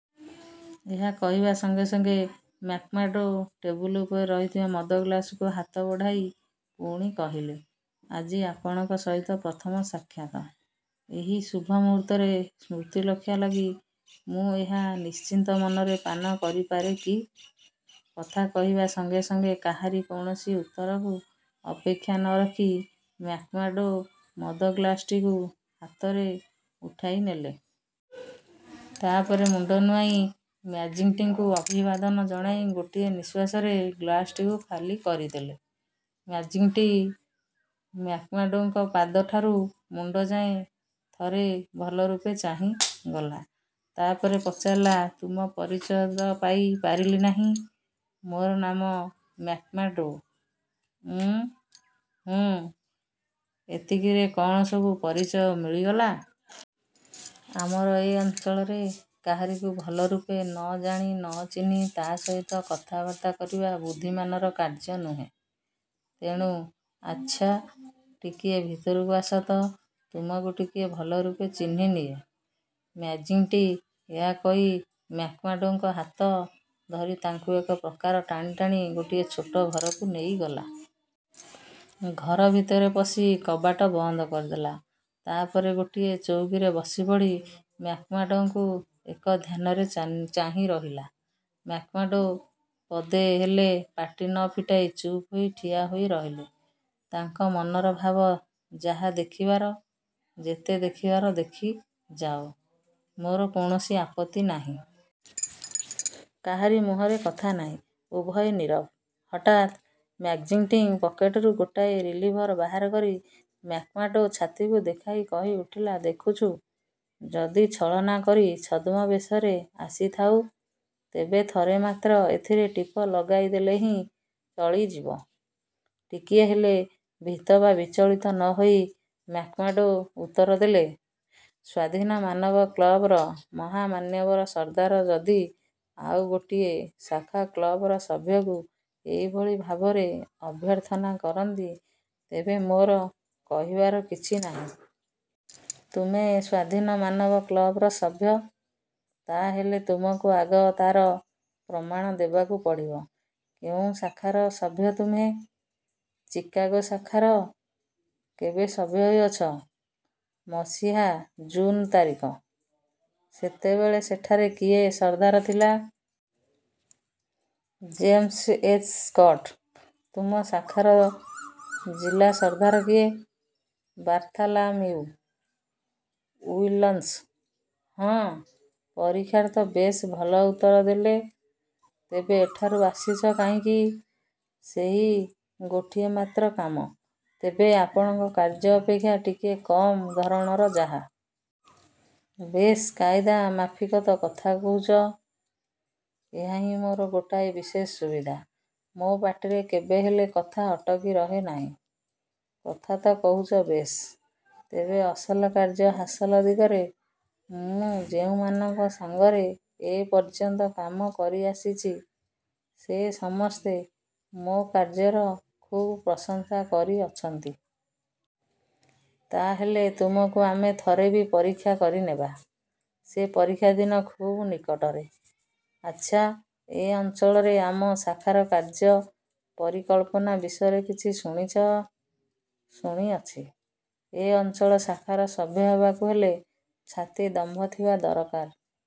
'' ଏହା କହିବା ସଙ୍ଗେସଙ୍ଗେ ମ୍ୟାକ୍ମାର୍ଡ଼ୋ ଟେବୁଲ ଉପରେ ରହିଥିବା ମଦ ଗ୍ଳାସକୁ ହାତ ବଢ଼ାଇ ପୁଣି କହିଲେ, ''ଆଜି ଆପଣଙ୍କ ସହିତ ପ୍ରଥମ ସାକ୍ଷାତ। ଏହି ଶୁଭ ମୁହୂର୍ତ୍ତର ସ୍ମୃତିରକ୍ଷା ଲାଗି ମୁଁ ଏହା ନିଶ୍ଚିନ୍ତ ମନରେ ପାନ କରିପାରେ କି? '' କଥା କହିବା ସଙ୍ଗେସଙ୍ଗେ କାହାରି କୌଣସି ଉତ୍ତରକୁ ଅପେକ୍ଷା ନ ରଖି ମ୍ୟାକ୍ମାର୍ଡ଼ୋ ମଦ ଗ୍ଳାସଟିକୁ ହାତରେ ଉଠାଇନେଲେ। ତା ପରେ ମୁଣ୍ଡ ନୁଆଇଁ ମ୍ୟାକ୍ଜିଣ୍ଟିକୁ ଅଭିବାଦନ ଜଣାଇ ଗୋଟିଏ ନିଃଶ୍ୱାସରେ ଗ୍ଳାସଟିକୁ ଖାଲି କରିଦେଲେ। ମ୍ୟାକ୍ଜିଣ୍ଟି ମ୍ୟାକ୍ମାର୍ଡ଼ୋଙ୍କ ପାଦଠାରୁ ମୁଣ୍ଡଯାଏ ଥରେ ଭଲରୂପେ ଚାହିଁଗଲା। ତା ପରେ ପଚାରିଲା, ''ତୁମ ପରିଚୟ ତ ପାଇ ପାରିଲି ନାହିଁ? '' ''ମୋର ନାମ ମ୍ୟାକ୍ମାର୍ଡ଼ୋ। '' ''ଉଁ, ହୁଁ, ଏତିକିରେ କଅଣ ସବୁ ପରିଚୟ ମିଳିଗଲା? ଆମର ଏ ଅଞ୍ଚଳରେ କାହାରିକୁ ଭଲରୂପେ ନ ଜାଣି, ନ ଚିହ୍ନି ତାହା ସହିତ କଥାବାର୍ତ୍ତା କରିବା ବୁଦ୍ଧିମାନର କାର୍ଯ୍ୟ ନୁହେଁ। ତେଣୁ। ଆଚ୍ଛା, ଟିକିଏ ଭିତରକୁ ଆସ ତ, ତୁମକୁ ଟିକିଏ ଭଲରୂପେ ଚିହ୍ନି ନିଏ। '' ମ୍ୟାକ୍ଜିଣ୍ଟି ଏହା କହି ମ୍ୟାକ୍ମାର୍ଡ଼ୋଙ୍କ ହାତ ଧରି ତାଙ୍କୁ ଏକ ପ୍ରକାର ଟାଣିଟାଣି ଗୋଟିଏ ଛୋଟ ଘରକୁ ନେଇଗଲା। ଘରଭିତରେ ପଶି କବାଟ ବନ୍ଦ କରିଦେଲା। ତା ପରେ ଗୋଟିଏ ଚୌକିରେ ବସିପଡ଼ି ମ୍ୟାକ୍ମାର୍ଡ଼ୋଙ୍କୁ ଏକଧ୍ୟାନରେ ଚାହିଁରହିଲା। ମ୍ୟାକ୍ମାର୍ଡ଼ୋ ପଦେ ହେଲେ ପାଟି ନ ଫିଟାଇ ଚୁପ୍ ହୋଇ ଠିଆହୋଇ ରହିଲେ। ତାଙ୍କ ମନର ଭାବ–ଯାହା ଦେଖିବାର, ଯେତେ ଦେଖିବାର ଦେଖିଯାଅ; ମୋର କୌଣସି ଆପତ୍ତି ନାହିଁ। କାହାରି ମୁହଁରେ କଥା ନାହିଁ। ଉଭୟେ ନୀରବ। ହଠାତ୍ ମ୍ୟାକ୍ଜିଣ୍ଟି ପକେଟରୁ ଗୋଟାଏ ରିଭଲଭର ବାହାର କରି ମ୍ୟାକ୍ମାର୍ଡ଼ୋ ଛାତିକୁ ଦେଖାଇ କହିଉଠିଲା, ''ଦେଖୁଛୁ, ଯଦି ଛଳନା କରି ଛଦ୍ମବେଶରେ ଆସିଥାଉ, ତେବେ ଥରେ ମାତ୍ର ଏଥିରେ ଟିପ ଲଗାଇଦେଲେ ହିଁ ଚଳିଯିବ। '' ଟିକିଏ ହେଲେ ଭୀତ ବା ବିଚଳିତ ନ ହୋଇ ମ୍ୟାକ୍ମାର୍ଡ଼ୋ ଉତ୍ତରଦେଲେ, ''ସ୍ୱାଧୀନ ମାନବ କ୍ଳବର ମହାମାନ୍ୟବର ସର୍ଦ୍ଦାର ଯଦି ଆଉ ଗୋଟିଏ ଶାଖା କ୍ଳବର ସଭ୍ୟକୁ ଏଇଭଳି ଭାବରେ ଅଭ୍ୟର୍ଥନା କରନ୍ତି, ତେବେ ମୋର କହିବାର କିଛି ନାହିଁ। ତୁମେ ସ୍ୱାଧୀନ ମାନବ କ୍ଳବର ସଭ୍ୟ? ତା ହେଲେ ତୁମକୁ ଆଗ ତାର ପ୍ରମାଣ ଦେବାକୁ ପଡ଼ିବ। କେଉଁ ଶାଖାର ସଭ୍ୟ ତୁମେ-? '' ''ଚିକାଗୋ ଶାଖାର। '' ''କେବେ ସଭ୍ୟ ହୋଇଅଛ? '''' ମସିହା ଜୁନ ତାରିଖ। '' ''ସେତେବେଳେ ସେଠାରେ କିଏ ସର୍ଦ୍ଦାର ଥିଲା? '' ''ଜେମ୍ସ ଏଚ୍. ସ୍କଟ। '' ''ତୁମ ଶାଖାର ଜିଲା ସର୍ଦ୍ଦାର କିଏ? '' ''ବାର୍ଥଲାମିଉ। ଉଇଲ୍ସନ୍। '' ''ହଁ, ପରୀକ୍ଷାରେ ତ ବେଶ୍ ଭଲ ଉତ୍ତରଦେଲେ। ତେବେ ଏଠାକୁ ଆସିଛ କାହିଁକି? '' ''ସେହି ଗୋଟିଏ ମାତ୍ର କାମ। ତେବେ ଆପଣଙ୍କ କାର୍ଯ୍ୟ ଅପେକ୍ଷା ଟିକିଏ କମ୍ ଧରଣର ଯାହା। '' ''ବେଶ୍ କାଇଦା ମାଫିକ ତ କଥା କହିପାରୁଛ? '' ''ଏହା ହିଁ ମୋର ଗୋଟାଏ ବିଶେଷ ସୁବିଧା। ମୋ ପାଟିରେ କେବେହେଲେ କଥା ଅଟକି ରହେ ନାହିଁ। '' ''କଥା ତ କହୁଛ ବେଶ୍; ତେବେ ଅସଲ କାର୍ଯ୍ୟ ହାସଲ ଦିଗରେ? '' ''ମୁଁ ଯେଉଁମାନଙ୍କ ସାଙ୍ଗରେ ଏପର୍ଯ୍ୟନ୍ତ କାମ କରିଆସିଛି, ସେ ସମସ୍ତେ ମୋ କାର୍ଯ୍ୟର ଖୁବ ପ୍ରଶଂସା କରିଅଛନ୍ତି। '' ''ତା ହେଲେ ତୁମକୁ ଆମେ ଥରେ ବି ପରୀକ୍ଷା କରିନେବା। ସେ ପରୀକ୍ଷା ଦିନ ଖୁବ୍ ନିକଟରେ। ଆଚ୍ଛା, ଏ ଅଞ୍ଚଳରେ ଆମ ଶାଖାର କାର୍ଯ୍ୟ ପରିକଳ୍ପନା ବିଷୟରେ କିଛି ଶୁଣିଛ? '' ''ଶୁଣିଅଛି। ଏ ଅଞ୍ଚଳ ଶାଖାର ସଭ୍ୟ ହେବାକୁ ହେଲେ ଛାତି ଦମ୍ଭ ଥିବା ଦରକାର।